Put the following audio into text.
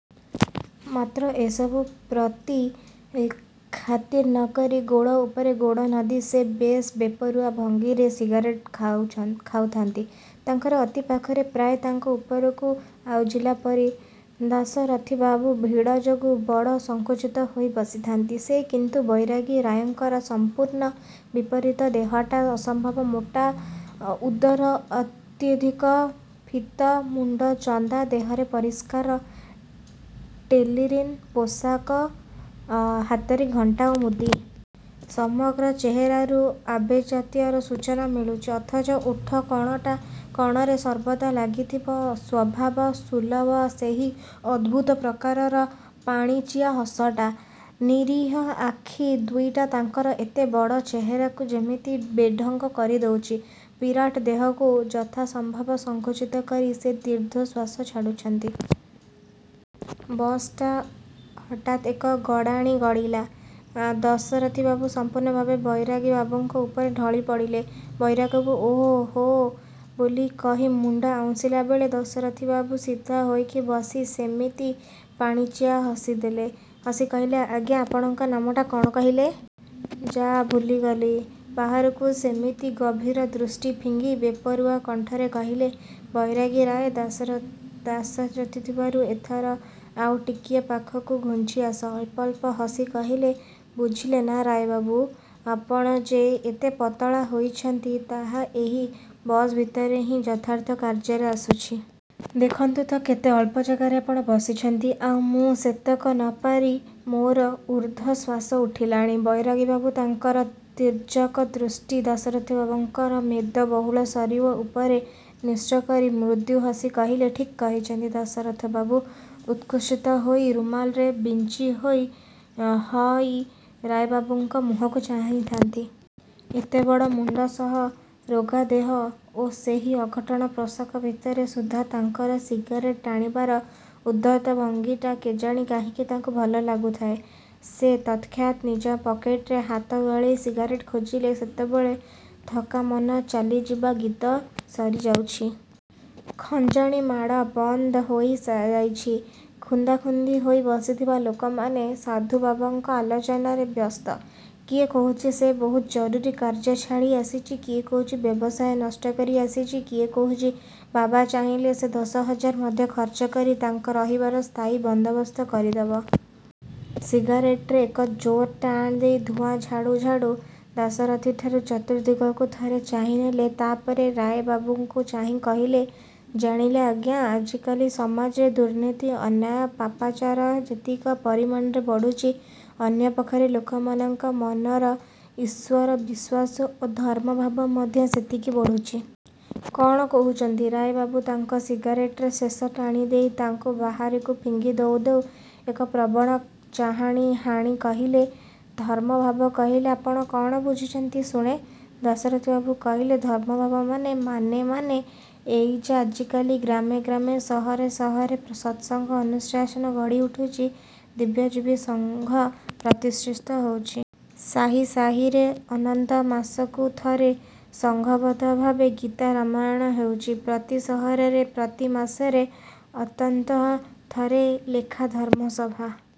ମାତ୍ର ଏସବୁ ପ୍ରତି ଖାତିର ନକରି ଗୋଡ଼ ଉପରେ ଗୋଡ଼ ନଦି ସେ ବେଶ୍ ବେପରୁଆ ଭଙ୍ଗୀରେ ସିଗାରେଟ ଖାଉଛନ୍ତି ଖାଉଥା'ନ୍ତି। ତାଙ୍କର ଅତି ପାଖରେ ପ୍ରାୟ ତାଙ୍କ ଉପରକୁ ଆଉଜିଲା ପରି, ଦାଶରଥିବାବୁ ଭିଡ଼ ଯୋଗୁଁ ବଡ଼ ସଙ୍କୁଚିତ ହୋଇ ବସିଥା'ନ୍ତି। ସେ କିନ୍ତୁ ବୈରାଗୀ ରାୟଙ୍କର ସମ୍ପୂର୍ଣ୍ଣ ବିପରୀତ ଦେହଟା ଅସମ୍ଭବ ମୋଟା, ଉଦର ଅତ୍ୟଧିକ ଫୀତ, ମୁଣ୍ଡ ଚନ୍ଦା, ଦେହରେ ପରିଷ୍କାର ଟେରିଲିନ ପୋଷାକ, ହାତରେ ଘଣ୍ଟା ଓ ମୁଦି। ସମଗ୍ର ଚେହେରାରୁ ଆଭିଜାତ୍ୟର ସୂଚନା ମିଳୁଛି। ଅଥଚ ଓଠ କଣରେ ସର୍ବଦା ଲାଗିଥିବା ସ୍ଵଭାବ ସୁଲଭ ସେହି ଅଦ୍ଭୁତ ପ୍ରକାରର ପାଣିଚିଆ ହସଟା, ନିରୀହ ଆଖି ଦୁଇଟା ତାଙ୍କର ଏତେବଡ଼ ଚେହେରାକୁ ଯେମିତି ବେଢ଼ଙ୍ଗ କରି ଦଉଚି। ବିରାଟ ଦେହକୁ ଯଥାସମ୍ଭବ ସଙ୍କୁଚିତ କରି ସେ ଦୀର୍ଘଶ୍ୱାସ ଛାଡ଼ୁଥା'ନ୍ତି। ବସଟା ହଠାତ୍ ଏକ ଗଡ଼ାଣିରୁ ଗଡ଼ିଗଲା। ଦାଶରଥିବାବୁ ସମ୍ପୂର୍ଣ୍ଣ ଭାବେ ବୈରାଗୀବାବୁଙ୍କ ଉପରେ ଢଳି ପଡ଼ିଲେ। ବୈରାଗୀବାବୁ ଓଃ, ହୋ ବୋଲି କହି ମୁଣ୍ଡ ଆଉଁସିଲା ବେଳେ, ଦାଶରଥିବାବୁ ସିଧା ହୋଇ ବସି ସେମିତି ପାଣିଚିଆ ହସି କହିଲେ, ଆଜ୍ଞା, ଆପଣଙ୍କ ନାମଟା କଣ କହିଲେ? ଯାଃ, ଭୁଲିଗଲି। ବାହାରକୁ ସେମିତି ଗଭୀର ଦୃଷ୍ଟି ଫିଙ୍ଗି, ବେପରୁଆ କଣ୍ଠରେ କହିଲେ, ବୈରାଗୀ ରାୟ। ଦାଶରଥିବାବୁ ଏଥର ଆଉ ଟିକିଏ ପାଖକୁ ଘୁଞ୍ଚିଆସି, ଅଳ୍ପ ଅଳ୍ପ ହସି କହିଲେ, ବୁଝିଲେ ନା ରାୟବାବୁ, ଆପଣ ଯେ ଏତେ ପତଳା ହୋଇଚନ୍ତି, ତାହା ଏହି ବସ ଭିତରେ ହିଁ ଯଥାର୍ଥ କାର୍ଯ୍ୟରେ ଆସୁଚି। ଦେଖନ୍ତୁ ତ, କେତେ ଅଳ୍ପ ଜାଗାରେ ଆପଣ ବସିଚନ୍ତି, ଆଉ ମୁଁ ସେତକ ନପାରି, ମୋର ଊର୍ଦ୍ଧ୍ଵଶ୍ଵାସ ଉଠିଲାଣି। ବୈରାଗୀବାବୁ ତାଙ୍କର ତୀର୍ଯ୍ୟକ ଦୃଷ୍ଟି, ଦାଶରଥିବାବୁଙ୍କ ମେଦବହୁଳ ଶରୀର ଉପରେ ନ୍ୟସ୍ତ କରି, ମୃଦୁ ହସି କହିଲେ, ଠିକ୍ କହିଛନ୍ତି। ଦାଶରଥିବାବୁ ଉତ୍ସୁକିତ ହୋଇ, ରୁମାଲରେ ବିଞ୍ଚି ହଉ ହଉ ରାୟବାବୁଙ୍କ ମୁହଁକୁ ଚାହିଁଥା'ନ୍ତି। ଏତେବଡ଼ ମୁଣ୍ଡ ସହ ରୋଗା ଦେହ ଓ ସେହି ଅଘଟଣ ପୋଷାକ ଭିତରେ ସୁଦ୍ଧା, ତାଙ୍କର ସିଗାରେଟ ଟାଣିବାର ଉଦ୍ଧତ ଭଙ୍ଗୀଟା କେଜାଣି କାହିଁକି ତାଙ୍କୁ ଭଲ ଲାଗୁଥାଏ। ସେ ତତ୍କ୍ଷଣାତ୍ ନିଜ ପକେଟରେ ହାତ ଗଳାଇ ସିଗାରେଟ ଖୋଜିଲେ। ସେତେବେଳେ ଥକା ମନ ଚାଲି ଯିବା ଗୀତ ସରିଯାଇଚି। ଖଞ୍ଜଣି ମାଡ଼ ବନ୍ଦ ହୋଇ ଯାଇଚି। ଖୁନ୍ଦାଖୁନ୍ଦି ହୋଇ ବସିଥିବା ଲୋକମାନେ ସାଧୁବାବାଙ୍କ ଆଲୋଚନାରେ ବ୍ୟସ୍ତ। କିଏ କହୁଚି ସେ ବହୁତ ଜରୁରୀ କାର୍ଯ୍ୟ ଛାଡ଼ି ଆସିଚି, କିଏ କହୁଚି ବ୍ୟବସାୟ ନଷ୍ଟ କରି ଆସିଚି, କିଏ କହୁଚି, ବାବା ଚାହିଁଲେ ସେ ଦଶହଜାର ମଧ୍ୟ ଖର୍ଚ୍ଚ କରି ତାଙ୍କ ରହିବାର ସ୍ଥାୟୀ ବନ୍ଦୋବସ୍ତ କରି ଦବ। ସିଗାରେଟରେ ଏକ ଜୋର ଟାଣ ଦେଇ ଧୂଆଁ ଛାଡ଼ୁ ଛାଡ଼ୁ, ଦାଶରଥିବାବୁ ଚତୁର୍ଦ୍ଦିଗକୁ ଥରେ ଚାହିଁନେଲେ, ତା ପରେ ରାୟବାବୁଙ୍କୁ ଚାହିଁ କହିଲେ, ଜାଣିଲେ ଆଜ୍ଞା, ଆଜିକାଲି ସମାଜରେ ଦୁର୍ନୀତି, ଅନ୍ୟାୟ, ପାପାଚାର ଯେତିକି ପରିମାଣରେ ବଢ଼ୁଚି, ଅନ୍ୟପକ୍ଷରେ ଲୋକମାନଙ୍କ ମନର ଈଶ୍ୱର ବିଶ୍ୱାସ ଓ ଧର୍ମଭାବ ମଧ୍ୟ ସେତିକି ବଢ଼ୁଚି। କ'ଣ କହୁଚନ୍ତି? ରାୟବାବୁ ତାଙ୍କ ସିଗାରେଟରେ ଶେଷ ଟାଣି ଦେଇ, ତାକୁ ବାହାରକୁ ଫିଙ୍ଗି ଦଉ ଦଉ ଏକ ପ୍ରବୀଣ ଚାହାଣୀ ହାଣି କହିଲେ, ଧର୍ମଭାବ କହିଲେ ଆପଣ କ'ଣ ବୁଝନ୍ତି ଶୁଣେ? ଦାଶରଥିବାବୁ କହିଲେ, ଧର୍ମଭାବ ମାନେ, ମାନେ, ମାନେ ଏଇଯେ ଆଜିକାଲି ଗ୍ରାମେ ଗ୍ରାମେ ସହରେ ସହରେ ସତ୍ସଙ୍ଗ ଅନୁଷ୍ଠାନ ଗଢ଼ି ଉଠୁଚି, ଦିବ୍ୟଜୀବନ ସଂଘ ପ୍ରତିଷ୍ଠିତ ହେଉଛି। ସାହି ସାହିରେ ଅନ୍ତତଃ ମାସକୁ ଥରେ ସଂଘବଦ୍ଧ ଭାବେ ଗୀତା-ରାମାୟଣ ହେଉଛି। ପ୍ରତି ସହରରେ, ପ୍ରତି ମାସରେ ଅନ୍ତତଃ ଥରେ ଲେଖାଁ ଧର୍ମ ସଭା